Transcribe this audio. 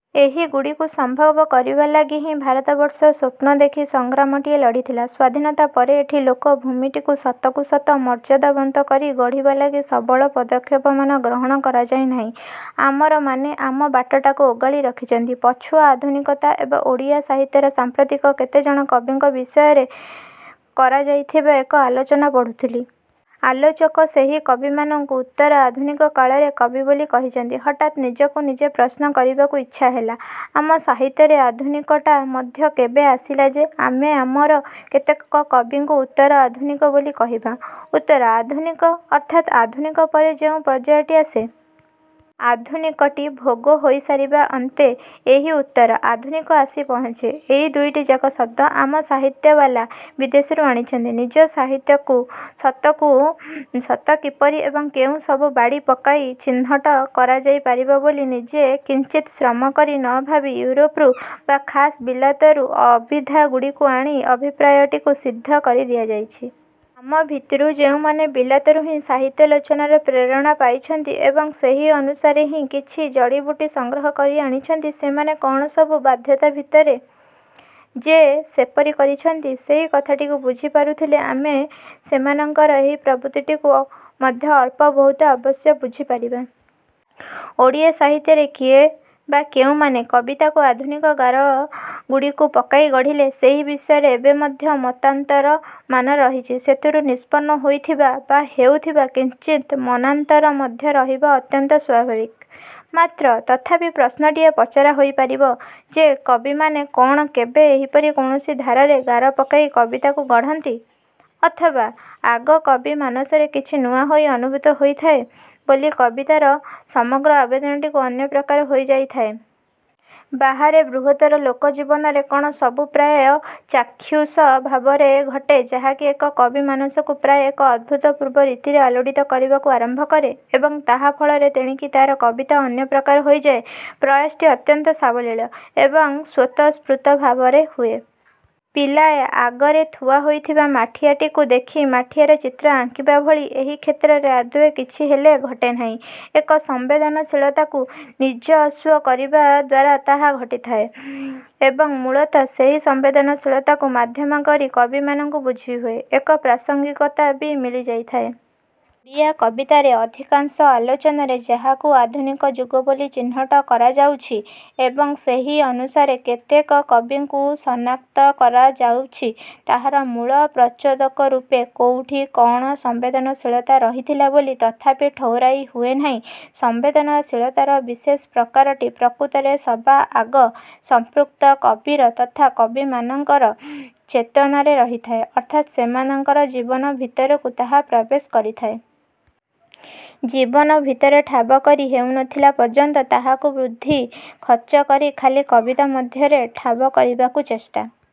ଏହିଗୁଡ଼ିକୁ ସମ୍ଭବ କରିବା ଲାଗି ହିଁ ଭାରତବର୍ଷ ସ୍ଵପ୍ନ ଦେଖି ସଂଗ୍ରାମଟିଏ ଲଢ଼ିଥିଲା। ସ୍ୱାଧୀନତା ପରେ ଏଠି ଲୋକ-ଭୂମିଟିକୁ ସତକୁ ସତ ମର୍ଯ୍ୟାଦାବନ୍ତ କରି ଗଢ଼ିବା ଲାଗି ସବଳ ପଦକ୍ଷେପମାନ ଗ୍ରହଣ କରାଯାଇନାହିଁ। ଆମର ମାନେ ଆମ ବାଟଟାକୁ ଓଗାଳି ରଖିଛନ୍ତି। ପଛୁଆ ଆଧୁନିକତା ଏବେ ଓଡ଼ିଆ ସାହିତ୍ୟରେ ସାଂପ୍ରତିକ କେତେଜଣ କବିଙ୍କ ବିଷୟରେ କରାଯାଇଥିବା ଏକ ଆଲୋଚନା ପଢୁଥିଲି। ଆଲୋଚକ ସେହି କବିମାନଙ୍କୁ ଉତ୍ତର ଆଧୁନିକ କାଳର କବି ବୋଲି କହିଛନ୍ତି। ହଠାତ୍ ନିଜକୁ ନିଜେ ପ୍ରଶ୍ନ କରିବାକୁ ଇଚ୍ଛା ହେଲା, ଆମ ସାହିତ୍ୟରେ ଆଧୁନିକଟା ମଧ୍ୟ କେବେ ଆସିଲା ଯେ। ଆମେ ଆମର କେତେକ କବିଙ୍କୁ ଉତ୍ତର-ଆଧୁନିକ ବୋଲି କହିବା? ଉତ୍ତର-ଆଧୁନିକ ଅର୍ଥାତ୍ ଆଧୁନିକ ପରେ ଯେଉଁ ପର୍ଯ୍ୟାୟଟି ଆସେ। ଆଧୁନିକଟି ଭୋଗ ହୋଇସାରିବା ଅନ୍ତେ ଏହି ଉତ୍ତର-ଆଧୁନିକ ଆସି ପହଞ୍ଚେ। ଏହି ଦୁଇଟିଯାକ ଶବ୍ଦ ଆମ ସାହିତ୍ୟବାଲା ବିଦେଶରୁ ଆଣିଛନ୍ତି। ନିଜ ସାହିତ୍ୟକୁ ସତକୁ ସତ କିପରି ଏବଂ କେଉଁ ସବୁ ବାଡ଼ି ପକାଇ ଚିହ୍ନଟ କରାଯାଇ ପାରିବ ବୋଲି ନିଜେ କିଞ୍ଚିତ୍ ଶ୍ରମ କରି ନଭାବି ଇଉରୋପରୁ ବା ଖାସ୍ ବିଲାତରୁ ଅଭିଧାଗୁଡ଼ିକୁ ଆଣି ଅଭିପ୍ରାୟଟିକୁ ସିଦ୍ଧ କରି ଦିଆଯାଇଛି। ଆମ ଭିତରୁ ଯେଉଁମାନେ ବିଲାତରୁ ହିଁ ସାହିତ୍ୟାଲୋଚନାର ପ୍ରେରଣା ପାଇଛନ୍ତି ଏବଂ ସେହି ଅନୁସାରେ ହିଁ କିଛି ଜଡ଼ୀବୁଟି ସଂଗ୍ରହ କରି ଆଣିଛନ୍ତି, ସେମାନେ କ'ଣସବୁ ବାଧ୍ୟତା ଭିତରେ ଯେ ସେପରି କରିଛନ୍ତି, ସେହି କଥାଟିକୁ ବୁଝି ପାରୁଥିଲେ ଆମେ ସେମାନଙ୍କର ଏହି ପ୍ରବୃତ୍ତିଟିକୁ ମଧ୍ୟ ଅଳ୍ପବହୁତ ଅବଶ୍ୟ ବୁଝିପାରିବା। ଓଡ଼ିଆ ସାହିତ୍ୟରେ କିଏ ବା କେଉଁମାନେ କବିତାକୁ ଆଧୁନିକ ଗାରଗୁଡ଼ିକୁ ପକାଇ ଗଢ଼ିଲେ, ସେହି ବିଷୟରେ ଏବେ ମଧ୍ୟ ମତାନ୍ତରମାନ ରହିଛି, ସେଥିରୁ ନିଷ୍ପନ୍ନ ହୋଇଥିବା ବା ହେଉଥିବା କିଞ୍ଚିତ୍ ମନାନ୍ତର ମଧ୍ୟ ରହିବା ଅତ୍ୟନ୍ତ ସ୍ୱାଭାବିକ। ମାତ୍ର ତଥାପି ପ୍ରଶ୍ନଟିଏ ପଚରା ହୋଇପାରିବ ଯେ, କବିମାନେ କ'ଣ କେବେ ଏହିପରି କୌଣସି ଧାରାରେ ଗାର ପକାଇ କବିତାକୁ ଗଢ଼ନ୍ତି, ଅଥବା ଆଗ କବିମାନସରେ କିଛି ନୂଆ ହୋଇ ଅନୁଭୂତ ହୋଇଥାଏ ବୋଲି କବିତାର ସମଗ୍ର ଆବେଦନଟି ଅନ୍ୟପ୍ରକାର ହୋଇଯାଇଥାଏ? ବାହାରେ ବୃହତ୍ତର ଲୋକଜୀବନରେ କ'ଣ ସବୁ ପ୍ରାୟ ଚାକ୍ଷୁଷ ଭାବରେ ଘଟେ, ଯାହାକି ଏକ କବିମାନସକୁ ପ୍ରାୟ ଏକ ଅଭୂତପୂର୍ବ ରୀତିରେ ଆଲୋଡ଼ିତ କରିବାକୁ ଆରମ୍ଭ କରେ ଏବଂ ତାହା ଫଳରେ ତେଣିକି ତା'ର କବିତା ଅନ୍ୟପ୍ରକାରେ ହୋଇଯାଏ। ପ୍ରୟାସଟି ଅତ୍ୟନ୍ତ ସାବଲୀଳ ଏବଂ ସ୍ୱତଃସ୍ଫୁର୍ତ୍ତ ଭାବରେ ହୁଏ। ପିଲାଏ ଆଗରେ ଥୁଆ ହୋଇଥିବା ମାଠିଆଟିକୁ ଦେଖି ମାଠିଆଟିର ଚିତ୍ର ଆଙ୍କିବା ଭଳି ଏହି କ୍ଷେତ୍ରରେ ଆଦୌ କିଛି ହେଲେ ଘଟେ ନାହିଁ। ଏକ ସଂବେଦନଶୀଳତାକୁ ନିଜସ୍ୱ କରିବା ଦ୍ଵାରା ତାହା ଘଟିଥାଏ। ଏବଂ, ମୂଳତଃ ସେହି ସଂବେଦନଶୀଳତାକୁ ମାଧ୍ୟମ କରି କବିମାନଙ୍କୁ ବୁଝିହୁଏ, ଏକ ପ୍ରାସଙ୍ଗିକତା ବି ମିଳିଯାଇଥାଏ। ଓଡ଼ିଆ କବିତାରେ ଅଧିକାଂଶ ଆଲୋଚନାରେ ଯାହାକୁ ଆଧୁନିକ ଯୁଗ ବୋଲି ଚିହ୍ନଟ କରାଯାଉଛି ଏବଂ ସେହି ଅନୁସାରେ କେତେକ କବିଙ୍କୁ ଶନାକ୍ତ କରାଯାଉଛି, ତାହାର ମୂଳ ପ୍ରଚୋଦକରୂପେ କୋଉଠି କ'ଣ ସମ୍ବେଦନଶୀଳତା ରହିଥିଲା ବୋଲି ତଥାପି ଠଉରାଇ ହୁଏନାହିଁ। ସମ୍ବେଦନଶୀଳତାର ବିଶେଷ ପ୍ରକାରଟି ପ୍ରକୃତରେ ସବାଆଗ ସଂପୃକ୍ତ କବିର ତଥା କବିମାନଙ୍କର ଚେତନାରେ ରହିଥାଏ, ଅର୍ଥାତ୍ ସେମାନଙ୍କର ଜୀବନ ଭିତରକୁ ତାହା ପ୍ରବେଶ କରିଥାଏ। ଜୀବନ ଭିତରେ ଠାବ କରି ହେଉନଥିଲା ପର୍ଯ୍ୟନ୍ତ ତାହାକୁ ବୁଦ୍ଧି ଖର୍ଚ୍ଚ କରି ଖାଲି କବିତା ମଧ୍ୟରେ ଠାବ କରିବାକୁ ଚେଷ୍ଟା